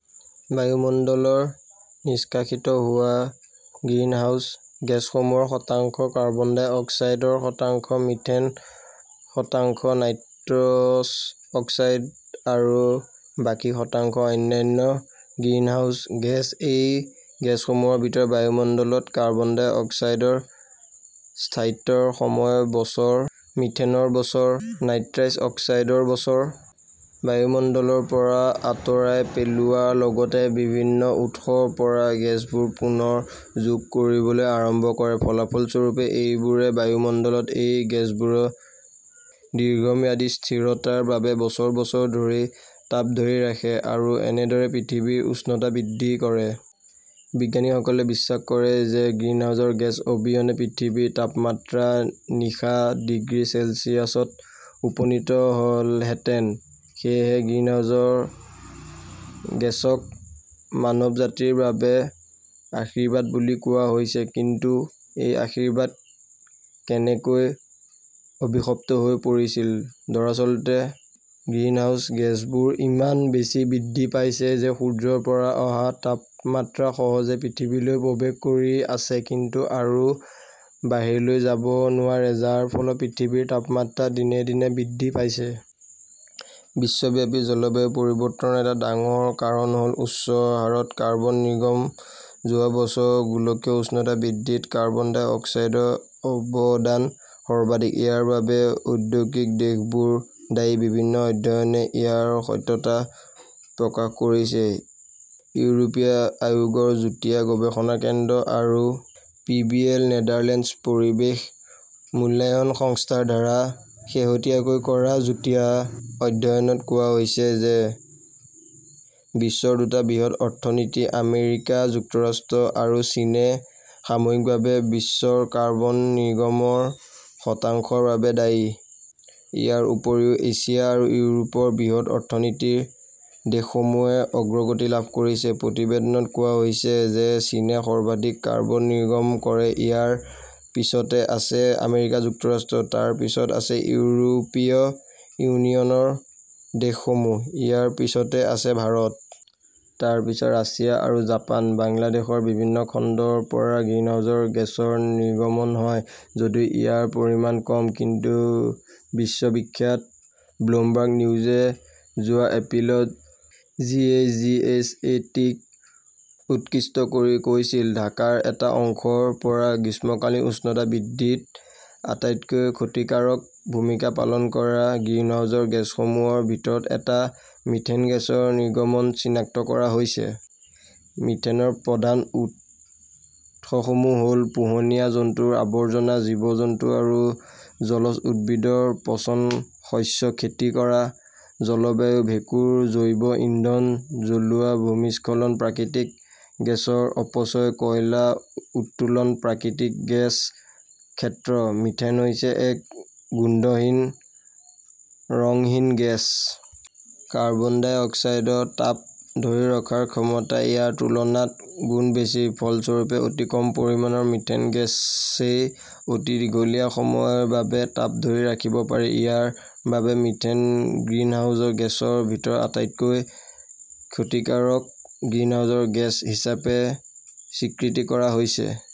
বায়ুমণ্ডলৰ নিষ্কাশিত হোৱা গ্ৰিনহাউজ গেছসমূহৰ শতাংশ কাৰ্বন ডাই অক্সাইডৰ, শতাংশ মিথেন, শতাংশ নাইট্ৰছ অক্সাইড আৰু বাকী শতাংশ অন্যান্য গ্ৰিনহাউজ গেছ। এই গেছসমূহৰ ভিতৰত বায়ুমণ্ডলত কাৰ্বন ডাই অক্সাইডৰ স্থায়িত্বৰ সময় বছৰ, মিথেনৰ বছৰ, নাইট্ৰাছ অক্সাইডৰ বছৰ। বায়ুমণ্ডলৰ পৰা আঁতৰাই পেলোৱাৰ লগতে বিভিন্ন উৎসৰ পৰা গেছবোৰ পুনৰ যোগ কৰিবলৈ আৰম্ভ কৰে। ফলাফলস্বৰূপে, এইবোৰে বায়ুমণ্ডলত এই গেছবোৰৰ দীৰ্ঘম্যাদী স্থিৰতাৰ বাবে বছৰ বছৰ ধৰি তাপ ধৰি ৰাখে আৰু এনেদৰে পৃথিৱীৰ উষ্ণতা বৃদ্ধি কৰে। বিজ্ঞানীসকলে বিশ্বাস কৰে যে গ্ৰিনহাউজৰ গেছ অবিহনে পৃথিৱীৰ তাপমাত্ৰা নিশা- ডিগ্ৰী চেলছিয়াছত উপনীত হ'লহেঁতেন। সেয়েহে গ্ৰিনহাউজ গেছক মানৱ জাতিৰ বাবে আশীৰ্বাদ বুলি কোৱা হৈছে। কিন্তু এই আশীৰ্বাদ কেনেকৈ অভিশপ্ত হৈ পৰিছিল? দৰাচলতে, গ্ৰীণহাউছ গেছবোৰ ইমান বেছি বৃদ্ধি পাইছে যে সূৰ্যৰ পৰা অহা তাপমাত্ৰা সহজে পৃথিৱীলৈ প্ৰৱেশ কৰি আছে কিন্তু আৰু বাহিৰলৈ যাব নোৱাৰে; যাৰ ফলত পৃথিৱীৰ তাপমাত্ৰা দিনে দিনে বৃদ্ধি পাইছে। বিশ্বব্যাপী জলবায়ু পৰিৱৰ্তনৰ এটা ডাঙৰ কাৰণ হ'ল উচ্চ হাৰত কাৰ্বন নিৰ্গমন। যোৱা বছৰত গোলকীয় উষ্ণতা বৃদ্ধিত কাৰ্বন ডাই অক্সাইডৰ অৱদান সৰ্বাধিক। ইয়াৰ বাবে ঔদ্যোগিক দেশবোৰ দায়ী-বিভিন্ন অধ্যয়নে ইয়াৰ সত্যতা প্ৰকাশ কৰিছে। ইউৰোপীয় আয়োগৰ যুটীয়া গৱেষণা কেন্দ্ৰ আৰু পিবিএল নেদাৰলেণ্ডছ পৰিৱেশ মূল্যায়ন সংস্থাৰ দ্বাৰা শেহতীয়াকৈ কৰা যুটীয়া অধ্যয়নত কোৱা হৈছে যে বিশ্বৰ দুটা বৃহৎ অৰ্থনীতি আমেৰিকা যুক্তৰাষ্ট্ৰ আৰু চীনে সামূয়িকভাৱে বিশ্বৰ কাৰ্বন নিৰ্গমৰ শতাংশৰ বাবে দায়ী। ইয়াৰ উপৰিও এছিয়া আৰু ইউৰোপৰ বৃহৎ অৰ্থনীতিৰ দেশসমূহে অগ্ৰগতি লাভ কৰিছে। প্ৰতিবেদনত কোৱা হৈছে যে চীনে সৰ্বাধিক কাৰ্বন নিৰ্গমন কৰে। ইয়াৰ পিছতে আছে আমেৰিকা যুক্তৰাষ্ট্ৰ। তাৰ পিছত ইউৰোপীয় ইউনিয়নৰ দেশসমূহ। ইয়াৰ পিছতে আছে ভাৰত। তাৰ পিছত ৰাছিয়া আৰু জাপান। বাংলাদেশৰ বিভিন্ন খণ্ডৰ পৰা গ্ৰিনহাউজ গেছৰ নিৰ্গমন হয় যদিও ইয়াৰ পৰিমাণ কম। কিন্তু বিশ্ববিখ্যাত ব্লুমবাৰ্গ নিউজে যোৱা এপ্ৰিলত G. H. G. S. A. T. -ক উৎকৃষ্ট কৰি কৈছিল-ঢাকাৰ এটা অংশৰ পৰা গ্ৰীষ্মকালীন উষ্ণতা বৃদ্ধিত আটাইতকৈ ক্ষতিকাৰক ভূমিকা পালন কৰা গ্ৰিনহাউজ গেছসমূহৰ ভিতৰত এটা, মিথেন গেছৰ নিৰ্গমন চিনাক্ত কৰা হৈছে। মিথেনৰ প্ৰধান উৎসসমূহ হ'ল পোহনীয়া জন্তুৰ আৱৰ্জনা,. জীৱ-জন্তু আৰু জলজ উদ্ভিদৰ পচন, শস্য খেতি কৰা জলবায়ু,. ভেঁকুৰ, জৈৱ ইন্ধন জ্বলোৱা, ভূমিস্খলন, প্ৰাকৃতিক গেছৰ অপচয়, কয়লা উত্তোলন, প্ৰাকৃতিক গেছ ক্ষেত্ৰ। মিথেন হৈছে এক গোন্ধহীন, ৰঙহীন গেছ। কাৰ্বন ডাই অক্সাইডত তাপ ধৰি ৰখাৰ ক্ষমতা ইয়াৰ তুলনাত গুণ বেছি। ফলস্বৰূপে, অতি কম পৰিমাণৰ মিথেন গেছেই অতি দীঘলীয়া সময়ৰ বাবে তাপ ধৰি ৰাখিব পাৰে। ইয়াৰ বাবে মিথেন গ্ৰীণহাউছ গেছৰ ভিতৰত আটাইতকৈ ক্ষতিকাৰক গ্ৰীণহাউছৰ গেছ হিচাপে স্বীকৃতি কৰা হৈছে।